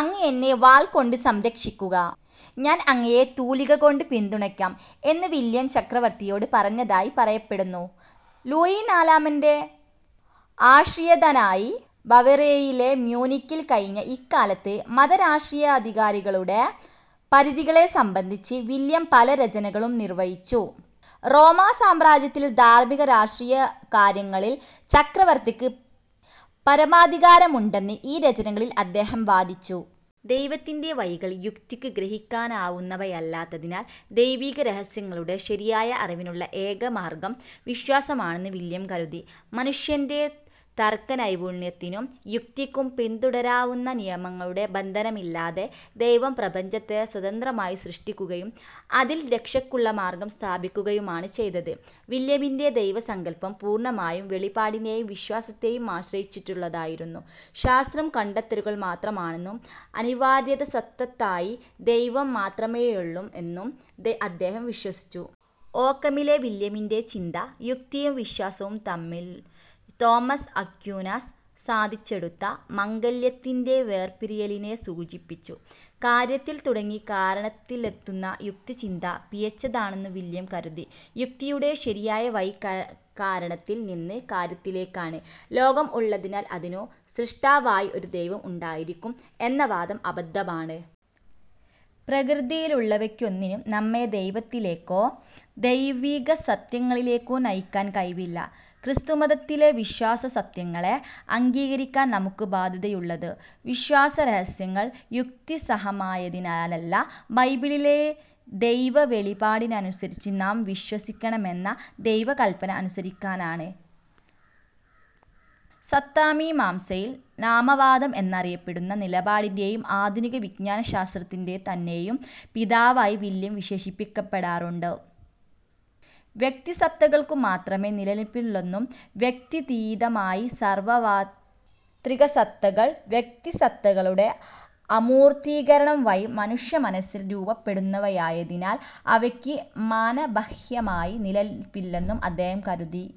"അങ്ങ് എന്നെ വാൾ കൊണ്ടു സരക്ഷിക്കുക; ഞാൻ അങ്ങയെ തൂലിക കൊണ്ടു പിന്തുണയ്ക്കാം" എന്നു വില്യം ചക്രവർത്തിയോടു പറഞ്ഞതായി പറയപ്പെടുന്നു. ലൂയി നാലമന്റെ ആശ്രിയതനായി ബവേറിയയിലെ മ്യൂനിക്കിൽ കഴിഞ്ഞ ഇക്കാലത്ത് മത-രാഷ്ട്രീയാധികാരങ്ങളുടെ പരിധികളെ സംബന്ധിച്ച് വില്യം പല രചനകളും നിർവഹിച്ചു. റോമാസാമ്രാജ്യത്തിൽ ധാർമ്മിക-രാഷ്ട്രീയകാര്യങ്ങളിൽ ചക്രവർത്തിക്ക് പരമാധികാരമുണ്ടെന്ന് ഈ രചനകളിൽ അദ്ദേഹം വാദിച്ചു. ദൈവത്തിന്റെ വഴികൾ യുക്തിക്കു ഗ്രഹിക്കാനാവുന്നവയല്ലാത്തതിനാൽ ദൈവികരഹസ്യങ്ങളുടെ ശരിയായ അറിവിനുള്ള ഏകമാർഗ്ഗം വിശ്വാസമാണെന്ന് വില്യം കരുതി. മനുഷ്യന്റെ തർക്കനൈപുണ്യത്തിനും യുക്തിക്കും പിന്തുടരാവുന്ന നിയമങ്ങളുടെ ബന്ധനമില്ലാതെ ദൈവം പ്രപഞ്ചത്തെ സ്വതന്ത്രമായി സൃഷ്ടിക്കുകയും അതിൽ രക്ഷക്കുള്ള മാർഗ്ഗം സ്ഥാപിക്കുകയുമാണു ചെയ്തത്. വില്യമിന്റെ ദൈവസങ്കല്പം പൂർണ്ണമായും വെളിപാടിനേയും വിശ്വാസത്തേയും ആശ്രയിച്ചുള്ളതായിരുന്നു. ശാസ്ത്രം, കണ്ടെത്തലുകൾ മാത്രമാണെന്നും അനിവാര്യതസത്തയായി ദൈവം മാത്രമേയുള്ളു എന്നും അദ്ദേഹം വിശ്വസിച്ചു. ഓക്കമിലെ വില്യമിന്റെ ചിന്ത, യുക്തിയും വിശ്വാസവും തമ്മിൽ തോമസ് അക്വീനാസ് സാധിച്ചെടുത്ത 'മംഗല്യ'-ത്തിന്റെ വേർപിരിയലിനെ സൂചിപ്പിച്ചു. കാര്യത്തിൽ തുടങ്ങി കാരണത്തിലെത്തുന്ന യുക്തിചിന്ത പിഴച്ചതാണെന്നു വില്യം കരുതി. യുക്തിയുടെ ശരിയായ വഴി കാരണത്തിൽ നിന്ന് കാര്യത്തിലേക്കാണ്. ലോകം ഉള്ളതിനാൽ അതിനു സ്രഷ്ടാവായി ഒരു ദൈവം ഉണ്ടായിരിക്കും എന്ന വാദം അബദ്ധമാണ്. പ്രകൃതിയിലുള്ളവയ്ക്കൊന്നിനും നമ്മെ ദൈവത്തിലേക്കോ ദൈവികസത്യങ്ങളിലേക്കോ നയിക്കാൻ കഴിവില്ല. ക്രിസ്തുമതത്തിലെ വിശ്വാസസത്യങ്ങളെ അംഗീകരിക്കാൻ നമുക്കു ബാദ്ധ്യതയുള്ളത്, വിശ്വാസരഹസ്യങ്ങൾ യുക്തിസഹമായതിനാലല്ല, ബൈബിളിലെ ദൈവവെളിപാടിനനുസരിച്ച് നാം വിശ്വസിക്കണമെന്ന ദൈവകല്പന അനുസരിക്കാനാണ്. സത്താമീമാംസയിൽ നാമവാദം എന്നറിയപ്പെടുന്ന നിലപാടിന്റേയും ആധുനിക വിജ്ഞാനശാസ്ത്രത്തിന്റെ തന്നെയും പിതാവായി വില്യം വിശേഷിപ്പിക്കപ്പെടാറുണ്ട്. വ്യക്തിസത്തകൾക്കു മാത്രമേ നിലനില്പുള്ളെന്നും വ്യക്ത്യതീതമായ സാർവത്രികസത്തകൾ വ്യക്തിസത്തകളുടെ അമൂർത്തീകരണം വഴി മനുഷ്യമനസ്സിൽ രൂപപ്പെടുന്നവയായതിനാൽ അവയ്ക്ക് മനഃബാഹ്യമായി നിലനില്പില്ലെന്നും അദ്ദേഹം കരുതി.